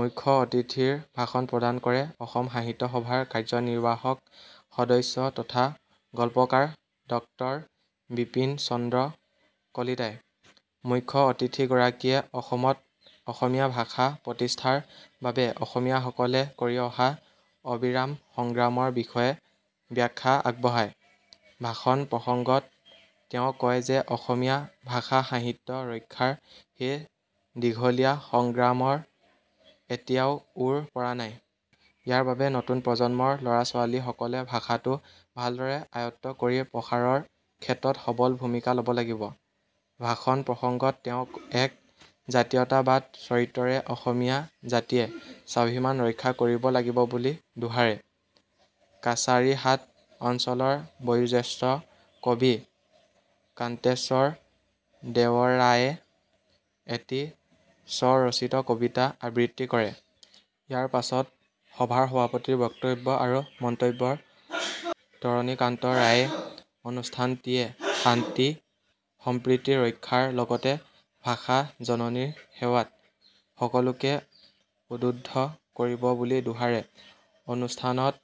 মুখ্য অতিথিৰ ভাষণ প্ৰদান কৰে অসম সাহিত্য সভাৰ কাৰ্যনিৰ্বাহক সদস্য তথা গল্পকাৰ ডাক্টৰ বিপিন চন্দ্ৰ কলিতাই। মুখ্য অতিথিগৰাকীয়ে অসমত অসমীয়া ভাষা প্ৰতিষ্ঠাৰ বাবে অসমীয়াসকলে কৰি অহা অবিৰাম সংগ্ৰামৰ বিষয়ে ব্যাখ্যা আগবঢ়ায়। ভাষণ প্ৰসংগত তেওঁ কয় যে অসমীয়া ভাষা সাহিত্য ৰক্ষাৰ সেই দীঘলীয়া সংগ্ৰামৰ এতিয়াও ওৰ পৰা নাই। ইয়াৰ বাবে নতুন প্ৰজন্মৰ ল'ৰা-ছোৱালীসকলে ভাষাটো ভালদৰে আয়ত্ত্ব কৰি প্ৰসাৰৰ ক্ষেত্ৰত সবল ভূমিকা ল'ব লাগিব। ভাষণ প্ৰসংগত তেওঁ এক জাতীয়তাবাদ চৰিত্ৰৰে অসমীয়া জাতিয়ে স্বাভিমান ৰক্ষা কৰিব লাগিব বুলি দোহাৰে। কাছাৰীহাট অঞ্চলৰ বয়োজ্যেষ্ঠ কবি কান্তেশ্বৰ দেৱৰায়ে এটি স্বৰচিত কবিতা আবৃত্তি কৰে। ইয়াৰ পাছত সভাৰ সভাপতিৰ বক্তব্য আৰু মন্তব্যত তৰণীকান্ত ৰায়ে অনুষ্ঠানটিয়ে শান্তি সম্প্ৰীতি ৰক্ষাৰ লগতে ভাষা জননীৰ সেৱাত সকলোকে উদ্বুদ্ধ কৰিব বুলি দোহাৰে অনুষ্ঠানত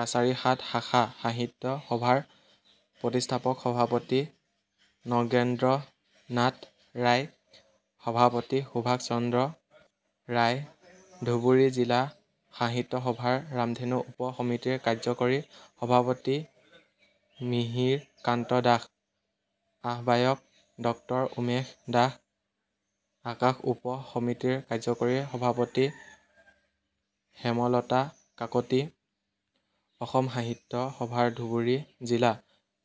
কাছাৰীহাট শাখা সাহিত্য সভাৰ প্ৰতিষ্ঠাপক সভাপতি নগেন্দ্ৰনাথ ৰায়, সভাপতি সুভাষচন্দ্ৰ ৰায়, ধুবুৰী জিলা সাহিত্য সভাৰ ৰামধেনু উপ সমিতিৰ কাৰ্যকৰী সভাপতি মিহিৰকান্ত দাস, আহ্বায়ক ডক্টৰ উমেশ দাস, আকাশ উপ সমিতিৰ কাৰ্যকৰী সভাপতি হেমলতা কাকতী, অসম সাহিত্য সভাৰ ধুবুৰী জিলা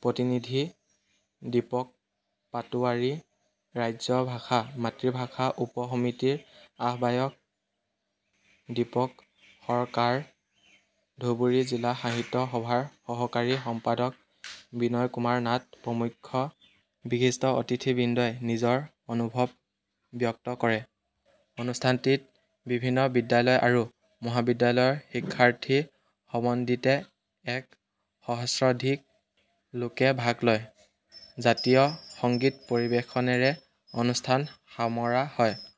প্ৰতিনিধি দীপক পাটোৱাৰী, ৰাজ্য ভাষা-মাতৃভাষা উপ সমিতিৰ আহ্বায়ক দীপক সৰকাৰ, ধুবুৰী জিলা সাহিত্য সভাৰ সহকাৰী সম্পাদক বিনয় কুমাৰ নাথ প্ৰমুখ্যে বিশিষ্ট অতিথিবৃন্দই নিজৰ অনুভৱ ব্যক্ত কৰে। অনুষ্ঠানটিত বিভিন্ন বিদ্যালয় আৰু মহাবিদ্যালয়ৰ শিক্ষাৰ্থী সমন্বিতে এক সহস্ৰধিক লোকে ভাগ লয়। জাতীয় সংগীত পৰিৱেশনেৰে অনুষ্ঠান সামৰা হয়।